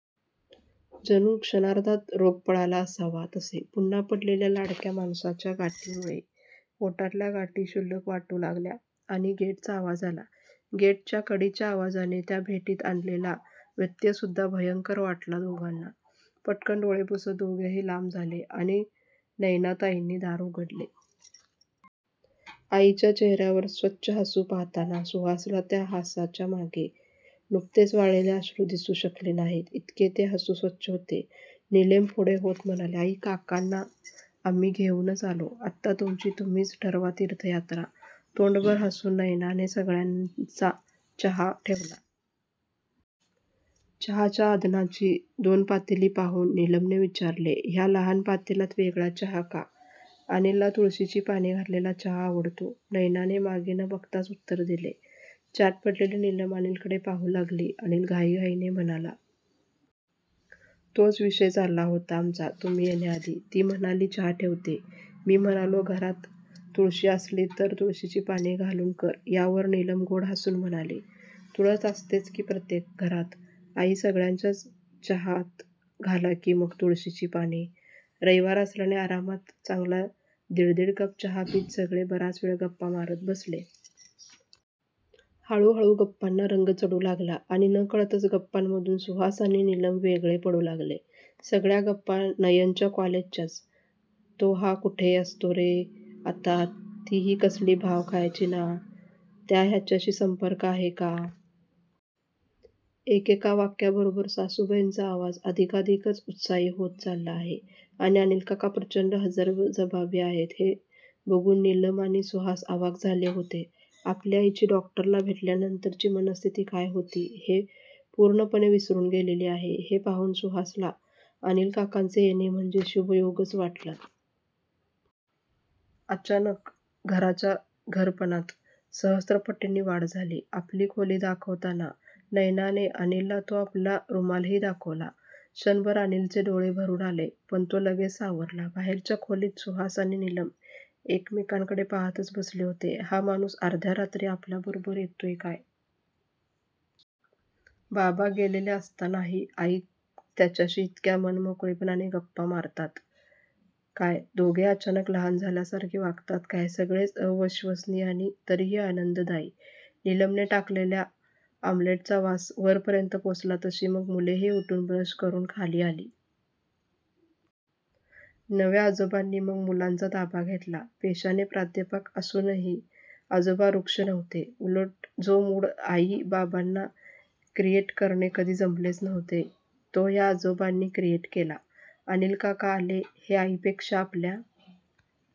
जणू क्षणार्धात रोग पळाला असावा तसे! पुन्हा पडलेल्या लाडक्या माणसाच्या गाठीमुळे पोटातल्या गाठी क्षुल्लक वाटू लागल्या. आणि गेटचा आवाज आला. गेटच्या कडीच्या आवाजाने त्या भेटीत आणलेला व्यत्ययसुद्धा भयंकर वाटला दोघांना! पटकन् डोळे पुसत दोघेही लांब झाले आणि नयनाताईंनी दार उघडले. आईच्या चेहर्यावर स्वच्छ हसू पाहताना सुहासला त्या हासाच्या मागे नुकतेच वाळलेले अश्रू दिसू शकले नाहीत, इतके ते हसू स्वच्छ होते. निलम पुढे होत म्हणाली. "आई, काकांना आम्ही घेऊनच आलो. आता तुमची तुम्हीच ठरवा तीर्थयात्रा"तोंडभर हसून नयनाने सगळ्यांचा चहा ठेवला. चहाच्या आधणाची दोन पातेली पाहून निलमने विचारले. ह्या लहान पातेल्यात वेगळा चहा का? ""अनिलला तुळशीची पाने घातलेला चहा आवडतो"नयनाने मागे न बघताच उत्तर दिले. चाट पडलेली निलम अनिलकडे पाहू लागली. अनिल घाईघाईने म्हणाला. "तोच विषय चालला होता आमचा तुम्ही येण्याआधी! ती म्हणाली चहा ठेवते, मी म्हणालो घरात तुळशी असली तर तुळशीची पाने घालून कर"त्यावर निलम गोड हसून म्हणाली. "तुळस असतेच की प्रत्येक घरात. आई, सगळ्यांच्याच चहात घाला की मग तुळशीची पाने"रविवार असल्याने आरामात चांगला दिड दिड कप चहा पीत सगळे बराच वेळ गप्पा मारत बसले. हळूहळू गप्पांना रंग चढू लागला आणि नकळतच गप्पांमधून सुहास आणि निलम वेगळे पडू लागले. सगळ्या गप्पा नयनाच्या कॉलेजच्याच! तो हा कुठे असतो रे आता? ती ही कसली भाव खायची ना? त्या ह्याच्याशी संपर्क आहे का? एकेका वाक्याबरोबर सासूबाईंचा आवाज अधिकाधिकच उत्साही होत चालला आहे आणि अनिलकाका प्रचंड हजरजबाबी आहेत हे बघून निलम आणि सुहास अवाक झाले होते. आपल्या आईची डॉक्टरला भेटल्यानंतरची मनस्थिती काय होती हे ती पूर्णपणे विसरून गेलेली आहे हे पाहून सुहासला अनिल काकांचे येणे म्हणजे शुभयोगच वाटला. अचानक 'घराच्या घरपणात' सहस्त्रपटींनी वाढ झाली. आपली खोली दाखवताना नयनाने अनिलला तो रुमालही दाखवला. क्षणभर अनिलचे डोळे भरून आले. पण तो लगेच सावरला. बाहेरच्या खोलीत सुहास आणि निलम एकमेकांकडे पाहातच बसले होते. हा माणूस अर्ध्या रात्री आपल्याबरोबर येतो काय? बाबा गेलेले असतानाही आई त्याच्याशी इतक्या मनमोकळेपणाने गप्पा मारतात काय? दोघेही अचानक लहान झाल्यासारखे वागतात काय! सगळेच अविश्वसनीय आणि तरीही आनंददायी! निलमने टाकलेल्या ऑम्लेट्सचा वास वरपर्यंत पोचला तशी मग मुलेही उठून, ब्रश करून खाली आली. नव्या आजोबांनी मग मुलांचा ताबा घेतला. पेशाने प्राध्यापक असूनही आजोबा रुक्ष नव्हते. उलट जो मूड आई बाबांना क्रिएट करणे कधी जमलेच नव्हते तो ह्या आजोबांनी क्रिएट केला. अनिल काका आले हे आईंपेक्षा आपल्या